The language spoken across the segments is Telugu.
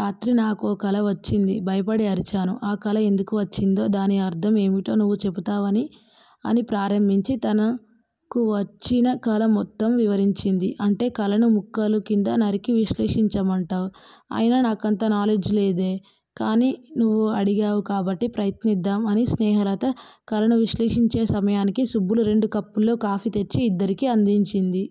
రాత్రి నాకో కల వచ్చింది భయపడి అరిచాను. ఆ కల ఎందుకు వచ్చిందో, దాని అర్థం ఏమిటో నువ్వు చెబుతావని అని ప్రారంభించి, తనకు వచ్చిన కల మొత్తం వివరించింది. అంటే కలను ముక్కలు కింద నరికి, విశ్లేషించమంటావ్. అయినా నాకంత నాలెడ్జ్ లేదే. కానీ నువ్వు అడిగావు కాబట్టి ప్రయత్నిద్దాం అని స్నేహలత కలను విశ్లేషించే సమయానికి సుబ్బులు రెండు కప్పుల్లో కాఫీ తెచ్చి ఇద్దరికీ అందించింది.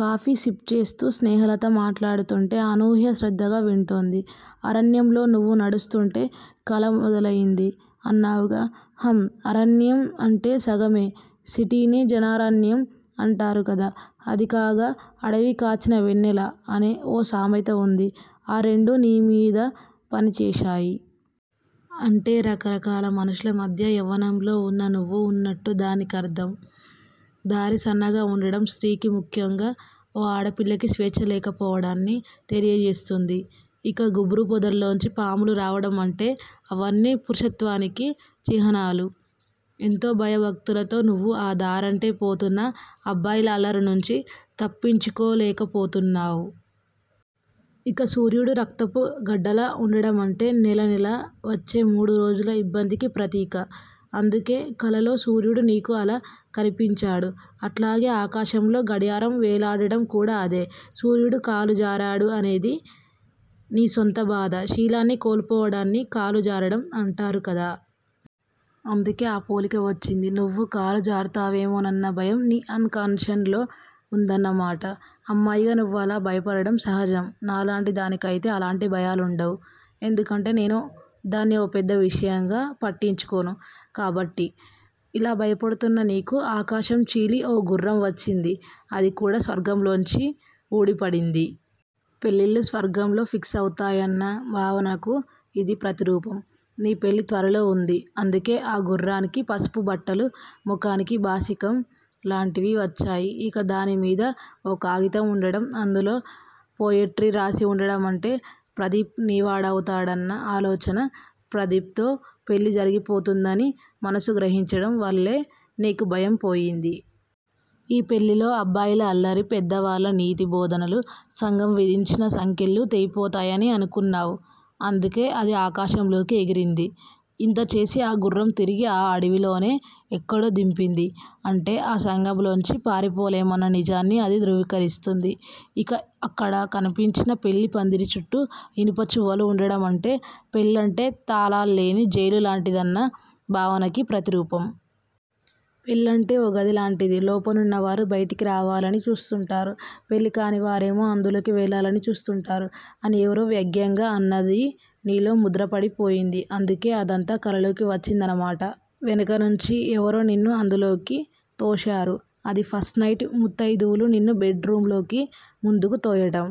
కాఫీ సిప్ చేస్తూ స్నేహలత మాట్లాడుతుంటే అనూహ్య శ్రద్ధగా వింటోంది. అరణ్యంలో నువ్వు నడుస్తుంటే కల మొదలయింది అన్నావుగా ఆఁ అరణ్యం అంటే సంఘమే. సిటీని జనారణ్యం అంటారు కదా. అదీగాక అడవి కాచిన వెన్నెల అనే ఓ సామెత వుంది. ఆ రెండూ నీ మీద పనిచేశాయి. అంటే రకరకాల మనుషుల మధ్య యవ్వనంలో వున్న నువ్వు వున్నట్టు దాని కర్థం. దారి సన్నగా వుండడం స్త్రీకి, ముఖ్యంగా ఓ ఆడపిల్లకి స్వేచ్చ లేకపోవడాన్ని తెలియజేస్తుంది. ఇక గుబురు పొదల్లోంచి పాములు రావడము అంటే అవన్నీ పురుషత్వానికి చిహ్నాలు. ఎంతో భయభక్తులతో నువ్వు ఆ దారంటే పోతున్నా అబ్బాయిల అల్లరి నుంచి తప్పించుకోలేకపోతున్నావ్. ఇక సూర్యుడు రక్తపు గడ్డలా వుండడమంటే నెలనెలా వచ్చే మూడురోజుల ఇబ్బందికి ప్రతీక. అందుకే కలలో సూర్యుడు నీకు అలా కనిపించాడు. అట్లాగే ఆకాశంలో గడియారం వేలాడడం కూడా అదే. సూర్యుడు కాలు జారాడు అనేది నీ సొంత బాధ. శీలాన్ని కోల్పోవడాన్ని కాలు జారడం అంటారు కదా. అందుకే ఆ పోలిక వచ్చింది. నువ్వూ కాలు జారుతావేమోనన్న భయం నీ అన్ కాన్షన్ లో వుందన్న మాట. అమ్మాయిగా నువ్వు అలా భయపడడం సహజం. నాలాంటి దానికైతే అలాంటి భయాలుండవు. ఎందుకంటే నేను దాన్ని ఓ పెద్ద విషయంగా పట్టించుకోను కాబట్టి. ఇలా భయపడుతున్న నీకు ఆకాశం చీలి ఓ గుర్రం వచ్చింది అది కూడా స్వర్గంలోంచి ఊడిపడింది. పెళ్ళిళ్ళు స్వర్గంలో ఫిక్స్ అవుతాయన్న భావనకు ఇది ప్రతిరూపం. నీ పెళ్ళి త్వరలో వుంది. అందుకే ఆ గుర్రానికి పసుపు బట్టలు, ముఖానికి బాసికం లాంటివి వచ్చాయి. ఇక దానిమీద ఓ కాగితం వుండడం, అందులో పొయిట్రీ రాసి వుండడమంటే ప్రదీప్ నీవాడవుతున్నాడన్న ఆలోచన. ప్రదీప్ తో పెళ్ళి జరిగిపోతుందని మనసు గ్రహించడం వల్లే నీకు భయం పోయింది. ఈ పెళ్ళిలో అబ్బాయిల అల్లరి, పెద్దవాళ్ళ నీతి బోధనలు, సంఘం విధించిన సంకెళ్ళు తెగిపోతాయని అనుకున్నావ్. అందుకే అది ఆకాశంలోకి ఎగిరింది. ఇంతా చేసి ఆ గుర్రం తిరిగి ఆ అడవిలోనే ఎక్కడో దింపింది. అంటే ఆ సంఘంలోంచి పారిపోలేమన్న నిజాన్ని అది ధృవీకరిస్తుంది. ఇక అక్కడ కనిపించిన పెళ్ళి పందిరిచుట్టూ ఇనుప చువ్వలు వుండడమంటే పెళ్ళంటే తాళాల్లేని జైలు లాంటిదన్న భావనకి ప్రతిరూపం. పెళ్ళంటే ఓ గదిలాంటిది. లోపనున్నవారు బయటికి రావాలని చూస్తుంటారు. పెళ్ళి కానివారేమో అందులోకి వెళ్ళాలని చూస్తుంటారు. అని ఎవరో వ్యంగ్యంగా అన్నది నీలో ముద్రపడిపోయింది. అందుకే అదంతా కలలోకి వచ్చిందన్న మాట. వెనకనుంచి ఎవరో నిన్ను అందులోకి తోశారు. అది ఫస్ట్ నైట్ ముత్తయిదువలు నిన్ను బెడ్ రూమ్ లోకి ముందుకు తోయడం.